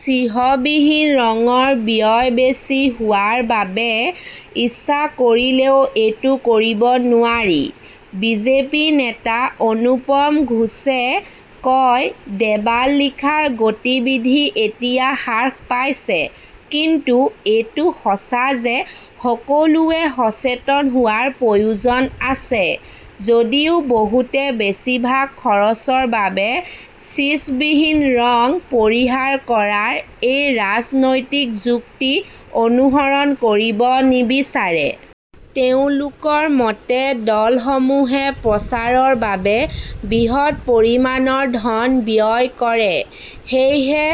চিসবিহীন ৰঙৰ ব্যয় বেছি হোৱাৰ বাবে ইচ্ছা কৰিলেও এইটো কৰিব নোৱাৰি। বিজেপি নেতা অনুপম ঘোষে কয়, দেৱাল লিখাৰ গতিবিধি এতিয়া হ্ৰাস পাইছে। কিন্তু এইটো সঁচা যে সকলোৱে সচেতন হোৱাৰ প্ৰয়োজন আছে। যদিও বহুতে বেছিভাগ খৰচৰ বাবে ছিচবিহীন ৰং পৰিহাৰ কৰাৰ এই ৰাজনৈতিক যুক্তি অনুসৰণ কৰিব নিবিচাৰে। তেওঁলোকৰ মতে, দলসমূহে প্ৰচাৰৰ বাবে বৃহৎ পৰিমাণৰ ধন ব্যয় কৰে। সেয়েহে,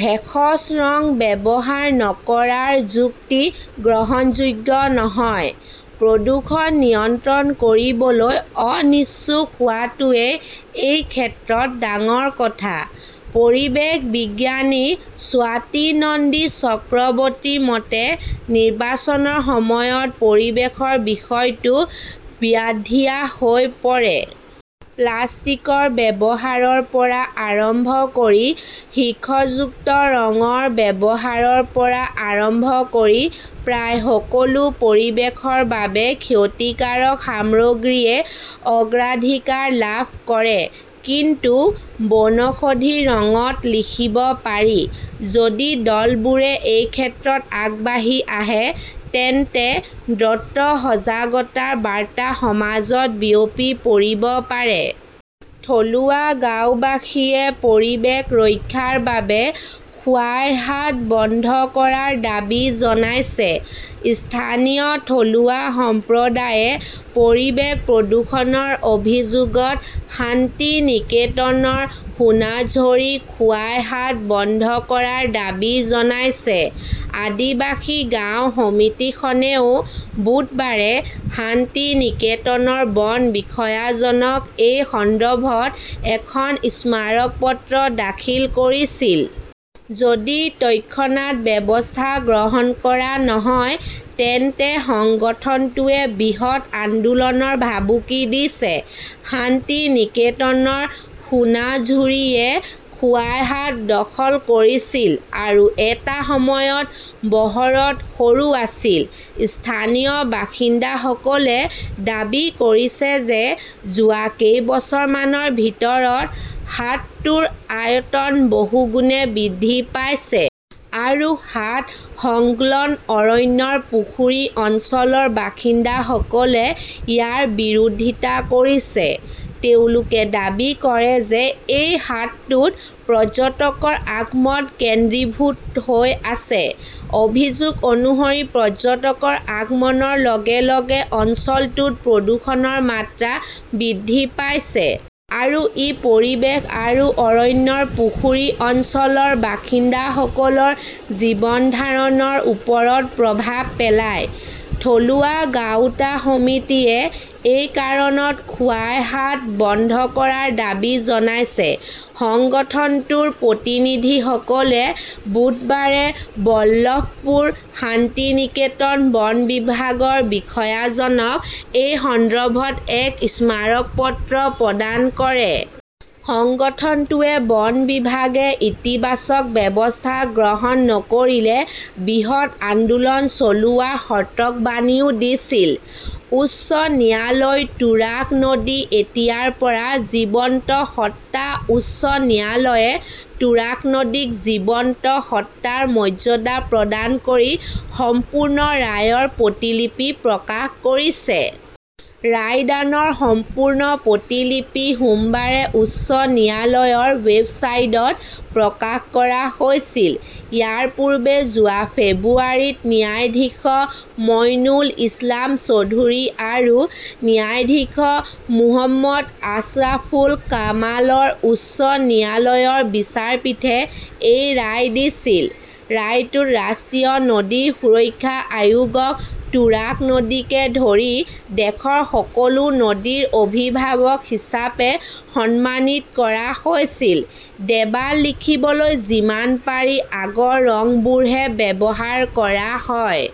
ভেষজ ৰং ব্যৱহাৰ নকৰাৰ যুক্তি গ্ৰহণযোগ্য নহয়। প্ৰদূষণ নিয়ন্ত্ৰণ কৰিবলৈ অনিচ্ছুক হোৱাটোৱেই এই ক্ষেত্ৰত ডাঙৰ কথা। পৰিৱেশ বিজ্ঞানী স্বাতী নন্দী চক্ৰৱৰ্তীৰ মতে, নিৰ্বাচনৰ সময়ত পৰিৱেশৰ বিষয়টো ব্ৰাথিয়া হৈ পৰে। প্লাষ্টিকৰ ব্যৱহাৰৰ পৰা আৰম্ভ কৰি সীহযুক্ত ৰঙৰ ব্যৱহাৰৰ পৰা আৰম্ভ কৰি প্ৰায় সকলো পৰিৱেশৰ বাবে ক্ষতিকাৰক সামগ্ৰীয়ে অগ্ৰাধিকাৰ লাভ কৰে। কিন্তু বনৌষধিৰ ৰঙত লিখিব পাৰি। যদি দলবোৰে এই ক্ষেত্ৰত আগবাঢ়ি আহে তেন্তে দ্ৰুত সজাগতাৰ বাৰ্তা সমাজত বিয়পি পৰিব পাৰে। থলুৱা গাওঁবাসীয়ে পৰিৱেশ ৰক্ষাৰ বাবে খোৱাই হাট বন্ধ কৰাৰ দাবী জনাইছে স্থানীয় থলুৱা সম্প্ৰদায়ে পৰিৱেশ প্ৰদূষণৰ অভিযোগত শান্তিনিকেতনৰ সোনাঝৌৰী খোৱাই হাট বন্ধ কৰাৰ দাবী জনাইছে। আদিবাসী গাঁও সমিতিখনেও বুধবাৰে শান্তিনিকেতনৰ বন বিষয়াজনক এই সন্দৰ্ভত এখন স্মাৰক পত্ৰ দাখিল কৰিছিল। যদি তৎক্ষণাত ব্যৱস্থা গ্ৰহণ কৰা নহয় তেন্তে সংগঠনটোৱে বৃহৎ আন্দোলনৰ ভাবুকি দিছে। শান্তিনিকেতনৰ সোনাঝুৰীয়ে খোৱাই হাট দখল কৰিছিল আৰু এটা সময়ত বহৰত সৰু আছিল। স্থানীয় বাসিন্দাসকলে দাবী কৰিছে যে যোৱা কেইবছৰমানৰ ভিতৰত হাটটোৰ আয়তন বহুগুণে বৃদ্ধি পাইছে। আৰু হাট সংলগ্ন অৰণ্যৰ পুখুৰী অঞ্চলৰ বাসিন্দাসকলে ইয়াৰ বিৰোধিতা কৰিছে। তেওঁলোকে দাবী কৰে যে এই হাটটোত পৰ্যটকৰ আগমন কেন্দ্ৰীভূত হৈ আছে। অভিযোগ অনুসৰি পৰ্যটকৰ আগমনৰ লগে - লগে অঞ্চলটোত প্ৰদূষণৰ মাত্ৰা বৃদ্ধি পাইছে। আৰু ই পৰিৱেশ আৰু অৰণ্যৰ পুখুৰী অঞ্চলৰ বাসিন্দাসকলৰ জীৱন ধাৰণৰ ওপৰত প্ৰভাৱ পেলায়। থলুৱা গাঁওতা সমিতিয়ে এই কাৰণত খোৱাই হাট বন্ধ কৰাৰ দাবী জনাইছে। সংগঠনটোৰ প্ৰতিনিধিসকলে বুধবাৰে বল্লভপুৰ শান্তিনিকেতন বন বিভাগৰ বিষয়াজনক এই সন্দৰ্ভত এক স্মাৰক পত্ৰ প্ৰদান কৰে। সংগঠনটোৱে বন বিভাগে ইতিবাচক ব্যৱস্থা গ্ৰহণ নকৰিলে বৃহৎ আন্দোলন চলোৱাৰ সতৰ্কবাণীও দিছিল। উচ্চ ন্যায়ালয় তুৰাগ নদী এতিয়াৰ পৰা জীৱন্ত সত্তা উচ্চ ন্যায়ালয়ে তুৰাগ নদীক জীৱন্ত সত্তাৰ মৰ্যাদা প্ৰদান কৰি সম্পূৰ্ণ ৰায়ৰ প্ৰতিলিপি প্ৰকাশ কৰিছে। ৰায়দানৰ সম্পূৰ্ণ প্ৰতিলিপি সোমবাৰে উচ্চ ন্যায়ালয়ৰ ৱেবছাইটত প্ৰকাশ কৰা হৈছিল। ইয়াৰ পূৰ্বে যোৱা ফেব্ৰুৱাৰীত ন্যায়াধীশ মঈনুল ইছলাম চৌধুৰী আৰু ন্যায়াধীশ মো. আশ্ৰাফুল কামালৰ উচ্চ ন্যায়ালয়ৰ বিচাৰপীঠে এই ৰায় দিছিল। ৰায়টোত ৰাষ্ট্ৰীয় নদী সুৰক্ষা আয়োগক তুৰাগ নদীকে ধৰি দেশৰ সকলো নদীৰ অভিভাৱক হিচাপে সন্মানিত কৰা হৈছিল। দেৱাল লিখিবলৈ যিমান পাৰি আগৰ ৰংবোৰহে ব্যৱহাৰ কৰা হয়।